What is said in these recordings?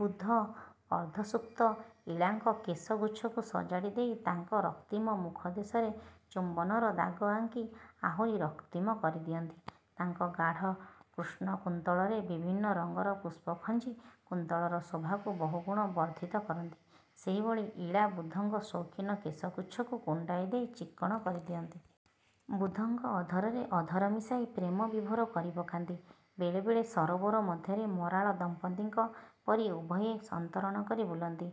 ବୁଧ ଅର୍ଦ୍ଧସୁପ୍ତ ଇଳାଙ୍କ କେଶଗୁଚ୍ଛକୁ ସଜାଡ଼ି ଦେଇ ତାଙ୍କ ରକ୍ତିମ ମୁଖଦେଶରେ ଚୁମ୍ୱନର ଦାଗ ଆଙ୍କି ଆହୁରି ରକ୍ତିମ କରିଦିଅନ୍ତି। ତାଙ୍କ ଗାଢ଼ କୃଷ୍ଣ କୁନ୍ତଳରେ ବିଭିନ୍ନ ରଙ୍ଗର ପୁଷ୍ପ ଖଞ୍ଜି କୁନ୍ତଳର ଶୋଭାକୁ ବହୁଗୁଣ ବର୍ଦ୍ଧିତ କରନ୍ତି। ସେହିଭଳି ଇଳା ବୁଧଙ୍କ ସୌଖିନ କେଶଗୁଚ୍ଛକୁ କୁଣ୍ଡାଇ ଦେଇ ଚିକ୍କଣ କରି ଦିଅନ୍ତି। ବୁଧଙ୍କ ଅଧରରେ ଅଧର ମିଶାଇ ପ୍ରେମ ବିଭୋର କରିପକାନ୍ତି। ବେଳେ ବେଳେ ସରୋବର ମଧ୍ୟରେ ମରାଳ ଦମ୍ପତ୍ତିଙ୍କ ପରି ଉଭୟେ ସନ୍ତରଣ କରି ବୁଲନ୍ତି।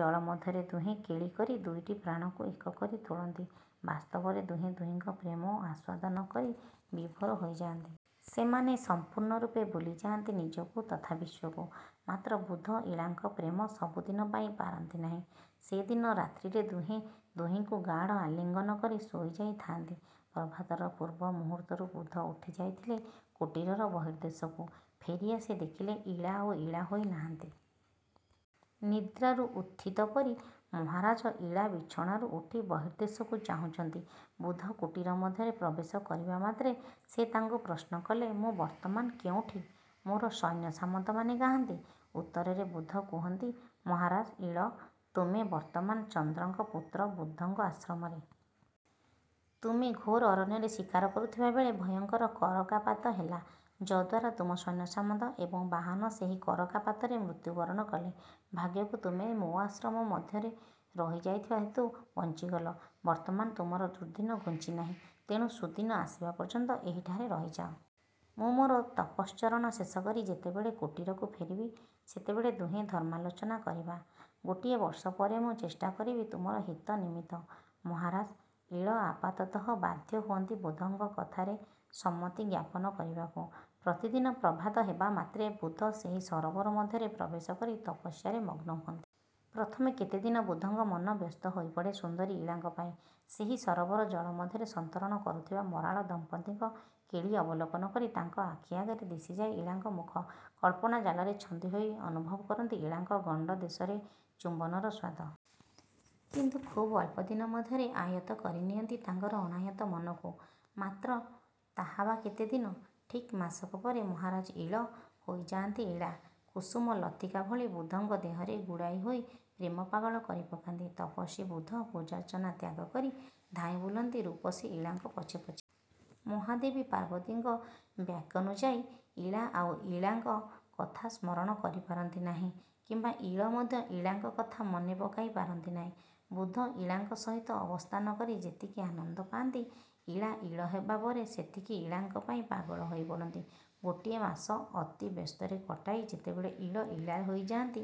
ଜଳ ମଧ୍ୟରେ ଦୁହେଁ କେଳି କରି ଦୁଇଟି ପ୍ରାଣକୁ ଏକ କରି ତୋଳନ୍ତି। ବାସ୍ତବରେ ଦୁହେଁ ଦୁହିଁଙ୍କ ପ୍ରେମ ଆସ୍ୱାଦନ କରି ବିଭୋର ହୋଇଯାଆନ୍ତି। ସେମାନେ ସଂପୂର୍ଣ୍ଣ ରୂପେ ଭୁଲିଯାଆନ୍ତି ନିଜକୁ ତଥା ବିଶ୍ୱକୁ। ମାତ୍ର ବୁଧ ଇଳାଙ୍କ ପ୍ରେମ ସବୁଦିନ ପାଇ ପାରନ୍ତି ନାହିଁ। ସେ ଦିନ ରାତ୍ରିରେ ଦୁହେଁ ଦୁହିଁଙ୍କୁ ଗାଢ଼ ଆଲିଙ୍ଗନ କରି ଶୋଇଯାଇ ଥାଆନ୍ତି। ପ୍ରଭାତର ପୂର୍ବ ମୁହୂର୍ତ୍ତରୁ ବୁଧ ଉଠିଯାଇଥିଲେ କୁଟୀରର ବର୍ହିଦେଶକୁ। ଫେରିଆସି ଦେଖିଲେ ଇଳା ଆଉ ଇଳା ହୋଇ ନାହାନ୍ତି। ନିଦ୍ରାରୁ ଉତ୍ଥିତ ପରି ମହାରାଜ ଇଳା ବିଛଣାରୁ ଉଠି ବର୍ହିଦେଶକୁ ଚାହୁଁଛନ୍ତି। ବୁଧ କୁଟୀର ମଧ୍ୟରେ ପ୍ରବେଶ କରିବା ମାତ୍ରେ ସେ ତାଙ୍କୁ ପ୍ରଶ୍ନ କଲେ, ମୁଁ ବର୍ତ୍ତମାନ କେଉଁଠି? ମୋର ସୈନ୍ୟସାମନ୍ତମାନେ କାହାନ୍ତି? ଉତ୍ତରରେ ବୁଧ କୁହନ୍ତି, ମହାରାଜ ଇଳ, ତୁମେ ବର୍ତ୍ତମାନ ଚନ୍ଦ୍ରଙ୍କ ପୁତ୍ର ବୁଧଙ୍କ ଆଶ୍ରମରେ। ତୁମେ ଘୋର ଅରଣ୍ୟରେ ଶିକାର କରୁଥିବା ବେଳେ ଭୟଙ୍କର କରକାପାତ ହେଲା ଯଦ୍ୱାରା ତୁମ ସୈନ୍ୟସାମନ୍ତ ଏବଂ ବାହନ ସେହି କରକା ପାତରେ ମୃତ୍ୟୁ ବରଣ କଲେ। ଭାଗ୍ୟକୁ ତୁମେ ମୋ ଆଶ୍ରମ ମଧ୍ୟର ରହିଯାଇଥିବା ହେତୁ ବଞ୍ଚିଗଲ। ବର୍ତ୍ତମାନ ତୁମର ଦୁର୍ଦ୍ଦିନ ଘୁଞ୍ଚିନାହିଁ। ତେଣୁ ସୁଦିନ ଆସିବା ପର୍ଯ୍ୟନ୍ତ ଏହିଠାରେ ରହିଯାଅ। ମୁଁ ମୋର ତପଶ୍ଚରଣ ଶେଷକରି ଯେତେବେଳେ କୁଟୀରକୁ ଫେରିବି ସେତେବେଳେ ଦୁହେଁ ଧର୍ମାଲୋଚନା କରିବା। ଗୋଟିଏ ବର୍ଷ ପରେ ମୁଁ ଚେଷ୍ଟାକରିବି ତୁମର ହିତ ନିମିତ୍ତ। ମହାରାଜ ଇଳ ଆପାତତଃ ବାଧ୍ୟ ହୁଅନ୍ତି ବୁଧଙ୍କ କଥାରେ ସମ୍ମତ୍ତିଜ୍ଞାପନ କରିବାକୁ। ପ୍ରତିଦିନ ପ୍ରଭାତ ହେବା ମାତ୍ରେ ବୁଧ ସେହି ସରୋବର ମଧ୍ୟରେ ପ୍ରବେଶ କରି ତପସ୍ୟାରେ ମଗ୍ନ ହୁଅନ୍ତି। ପ୍ରଥମେ କେତେ ଦିନ ବୁଧଙ୍କ ମନ ବ୍ୟସ୍ତ ହୋଇପଡ଼େ ସୁନ୍ଦରୀ ଇଳାଙ୍କ ପାଇଁ। ସେହି ସରୋବର ଜଳ ମଧ୍ୟରେ ସନ୍ତରଣ କରୁଥିବା ମରାଳ ଦମ୍ପତ୍ତିଙ୍କ କେଳି ଅବଲୋକନ କରି ତାଙ୍କ ଆଖି ଆଗରେ ଦିଶିଯାଏ ଇଳାଙ୍କ ମୁଖ। କଳ୍ପନା ଜାଲରେ ଛନ୍ଦି ହୋଇ ଅନୁଭବ କରନ୍ତି ଇଳାଙ୍କ ଗଣ୍ଡଦେଶରେ ଚୁମ୍ୱନର ସ୍ୱାଦ। କିନ୍ତୁ ଖୁବ୍ ଅଳ୍ପଦିନ ମଧ୍ୟରେ ଆୟତ କରି ନିଅନ୍ତି ତାଙ୍କର ଅଣାୟତ ମନକୁ। ମାତ୍ର ତାହା ବା କେତେଦିନ? ଠିକ୍ ମାସକ ପରେ ମହାରାଜ ଇଳ ହୋଇଯାଆନ୍ତି ଇଳା। କୁସୁମ ଲତିକା ଭଳି ବୁଧଙ୍କ ଦେହରେ ଗୁଡ଼ାଇ ହୋଇ ପ୍ରେମ ପାଗଳ କରିପକାନ୍ତି। ତପସ୍ୱୀ ବୁଧ ପୂଜାର୍ଚ୍ଚନା ତ୍ୟାଗ କରି ଧାଇଁ ବୁଲନ୍ତି ରୂପସୀ ଇଳାଙ୍କ ପଛେ ପଛେ। ମହାଦେବୀ ପାର୍ବତୀଙ୍କ ବାକ୍ୟାନୁଯାୟୀ ଇଳା ଆଉ ଇଳାଙ୍କ କଥା ସ୍ମରଣ କରିପାରନ୍ତି ନାହିଁ କିମ୍ୱା ଇଳ ମଧ୍ୟ ଇଳାଙ୍କ କଥା ମନେପକାଇ ପାରନ୍ତି ନାହିଁ। ବୁଧ ଇଳାଙ୍କ ସହିତ ଅବସ୍ଥାନ କରି ଯେତିକି ଆନନ୍ଦପାନ୍ତି, ଇଳା ଇଳ ହେବା ପରେ ସେତିକି ଇଳାଙ୍କ ପାଇଁ ପାଗଳ ହୋଇପଡ଼ନ୍ତି-। ଗୋଟିଏ ମାସ ଅତି ବ୍ୟସ୍ତରେ କଟାଇ ଯେତେବେଳେ ଇଳ ଇଳା ହୋଇଯାଆନ୍ତି